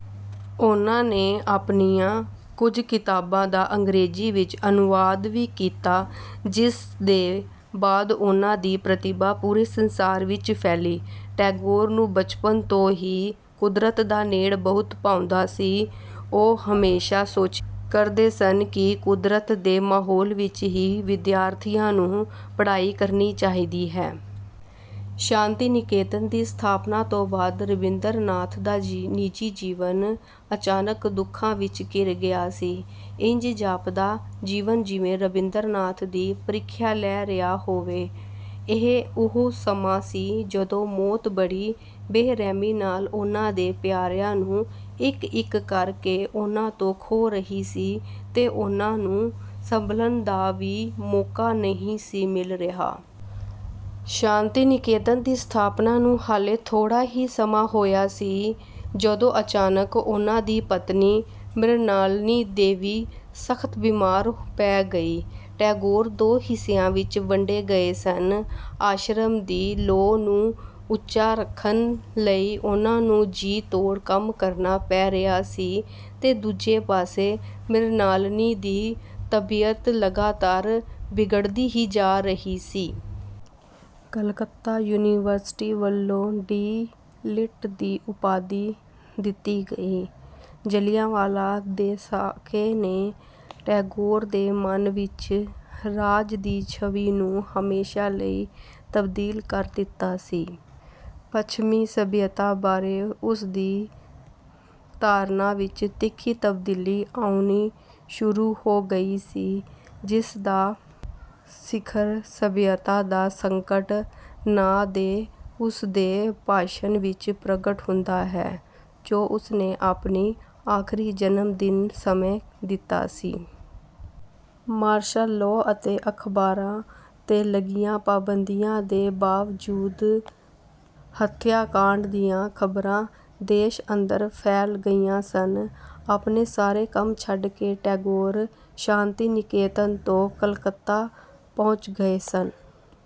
ਉਨ੍ਹਾਂ ਨੇ ਆਪਣੀਆਂ ਕੁੱਝ ਕਿਤਾਬਾਂ ਦਾ ਅੰਗਰੇਜ਼ੀ ਵਿੱਚ ਅਨੁਵਾਦ ਵੀ ਕੀਤਾ ਜਿਸ ਦੇ ਬਾਅਦ ਉਨ੍ਹਾਂ ਦੀ ਪ੍ਰਤਿਭਾ ਪੂਰੇ ਸੰਸਾਰ ਵਿੱਚ ਫੈਲੀ। ਟੈਗੋਰ ਨੂੰ ਬਚਪਨ ਤੋਂ ਹੀ ਕੁਦਰਤ ਦਾ ਨੇੜ ਬਹੁਤ ਭਾਉਂਦਾ ਸੀ। ਉਹ ਹਮੇਸ਼ਾ ਸੋਚਿਆ ਕਰਦੇ ਸਨ ਕਿ ਕੁਦਰਤ ਦੇ ਮਾਹੌਲ ਵਿੱਚ ਹੀ ਵਿਦਿਆਰਥੀਆਂ ਨੂੰ ਪੜ੍ਹਾਈ ਕਰਨੀ ਚਾਹੀਦੀ ਹੈ। ਸ਼ਾਂਤੀ ਨਿਕੇਤਨ ਦੀ ਸਥਾਪਨਾਂ ਤੋਂ ਬਾਦ ਰਬਿੰਦਰ ਨਾਥ ਦਾ ਨਿਜੀ ਜੀਵਨ ਅਚਾਨਕ ਦੁੱਖਾਂ ਵਿੱਚ ਘਿਰ ਗਿਆ ਸੀ। ਇੰਜ ਜਾਪਦਾ ਜੀਵਨ ਜਿਵੇਂ ਰਬਿੰਦਰ ਨਾਥ ਦੀ ਪ੍ਰੀਖਿਆ ਲੈ ਰਿਹਾ ਹੋਵੇ। ਇਹ ਉਹ ਸਮਾਂ ਸੀ ਜਦੋਂ ਮੌਤ ਬੜੀ ਬੇਰਹਿਮੀ ਨਾਲ ਉਨ੍ਹਾਂ ਦੇ ਪਿਆਰਿਆਂ ਨੂੰ ਇੱਕ-ਇੱਕ ਕਰਕੇ ਉਨ੍ਹਾਂ ਤੋਂ ਖੋਹ ਰਹੀ ਸੀ ਤੇ ਉਨ੍ਹਾਂ ਨੂੰ ਸੰਭਲਣ ਦਾ ਵੀ ਮੌਕਾ ਨਹੀਂ ਸੀ ਮਿਲ ਰਿਹਾ। ਸ਼ਾਂਤੀ ਨਿਕੇਤਨ ਦੀ ਸਥਾਪਨਾ ਨੂੰ ਹਾਲੇ ਥੋੜਾ ਹੀ ਸਮਾਂ ਹੋਇਆ ਸੀ, ਜਦੋਂ ਅਚਾਨਕ ਉਨ੍ਹਾਂ ਦੀ ਪਤਨੀ ਮ੍ਰਿਣਾਲਨੀ ਦੇਵੀ ਸਖਤ ਬੀਮਾਰ ਪੈ ਗਈ। ਟੈਗੋਰ ਦੋ ਹਿੱਸਿਆਂ ਵਿੱਚ ਵੰਡੇ ਗਏ ਸਨ; ਆਸ਼ਰਮ ਦੀ ਲੋਅ ਨੂੰ ਉੱਚਾ ਰੱਖਣ ਲਈ ਉਨ੍ਹਾਂ ਨੂੰ ਜੀ-ਤੋੜ ਕੰਮ ਕਰਨਾ ਪੈ ਰਿਹਾ ਸੀ, ਤੇ ਦੂਜੇ ਪਾਸੇ ਮ੍ਰਿਣਾਲਨੀ ਦੀ ਤਬੀਅਤ ਲਗਾਤਾਰ ਬਿਗੜਦੀ ਹੀ ਜਾ ਰਹੀ ਸੀ। ਕਲਕੱਤਾ ਯੂਨੀਵਰਸਿਟੀ ਵੱਲੋਂ ਡੀ. ਲਿਟ ਦੀ ਉਪਾਧੀ ਦਿੱਤੀ ਗਈ। ਜਲ੍ਹਿਆਂਵਾਲਾ ਦੇ ਸਾਕੇ ਨੇ ਟੈਗੋਰ ਦੇ ਮਨ ਵਿੱਚ "ਰਾਜ" ਦੀ ਛਵੀ ਨੂੰ ਹਮੇਸ਼ਾ ਲਈ ਤਬਦੀਲ ਕਰ ਦਿੱਤਾ ਸੀ। ਪਛਮੀ ਸਭਿਅਤਾ ਬਾਰੇ ਉਸਦੀ ਧਾਰਨਾ ਵਿੱਚ ਤਿੱਖੀ ਤਬਦੀਲੀ ਆਉਣੀ ਸ਼ੁਰੂ ਹੋ ਗਈ ਸੀ, ਜਿਸਦਾ ਸਿਖਰ "ਸਭਿਅਤਾ ਦਾ ਸੰਕਟ" ਨਾਂ ਦੇ ਉਸਦੇ ਭਾਸ਼ਣ ਵਿੱਚ ਪ੍ਰਗਟ ਹੁੰਦਾ ਹੈ ਜੋ ਉਸਨੇ ਆਪਣੇ ਆਖਰੀ ਜਨਮਦਿਨ ਸਮੇਂ ਦਿੱਤਾ ਸੀ। ਮਾਰਸ਼ਲ ਲਾਅ ਅਤੇ ਅਖਬਾਰਾਂ 'ਤੇ ਲੱਗੀਆਂ ਪਾਬੰਦੀਆਂ ਦੇ ਬਾਵਜੂਦ ਹਤਿਆਕਾੰਡ ਦੀਆਂ ਖਬਰਾਂ ਦੇਸ਼ ਅੰਦਰ ਫੈਲ ਗਈਆਂ ਸਨ। ਆਪਣੇ ਸਾਰੇ ਕੰਮ ਛੱਡ ਕੇ ਟੈਗੋਰ ਸ਼ਾਂਤੀ-ਨਿਕੇਤਨ ਤੋਂ ਕਲਕੱਤਾ ਪਹੁੰਚ ਗਏ ਸਨ।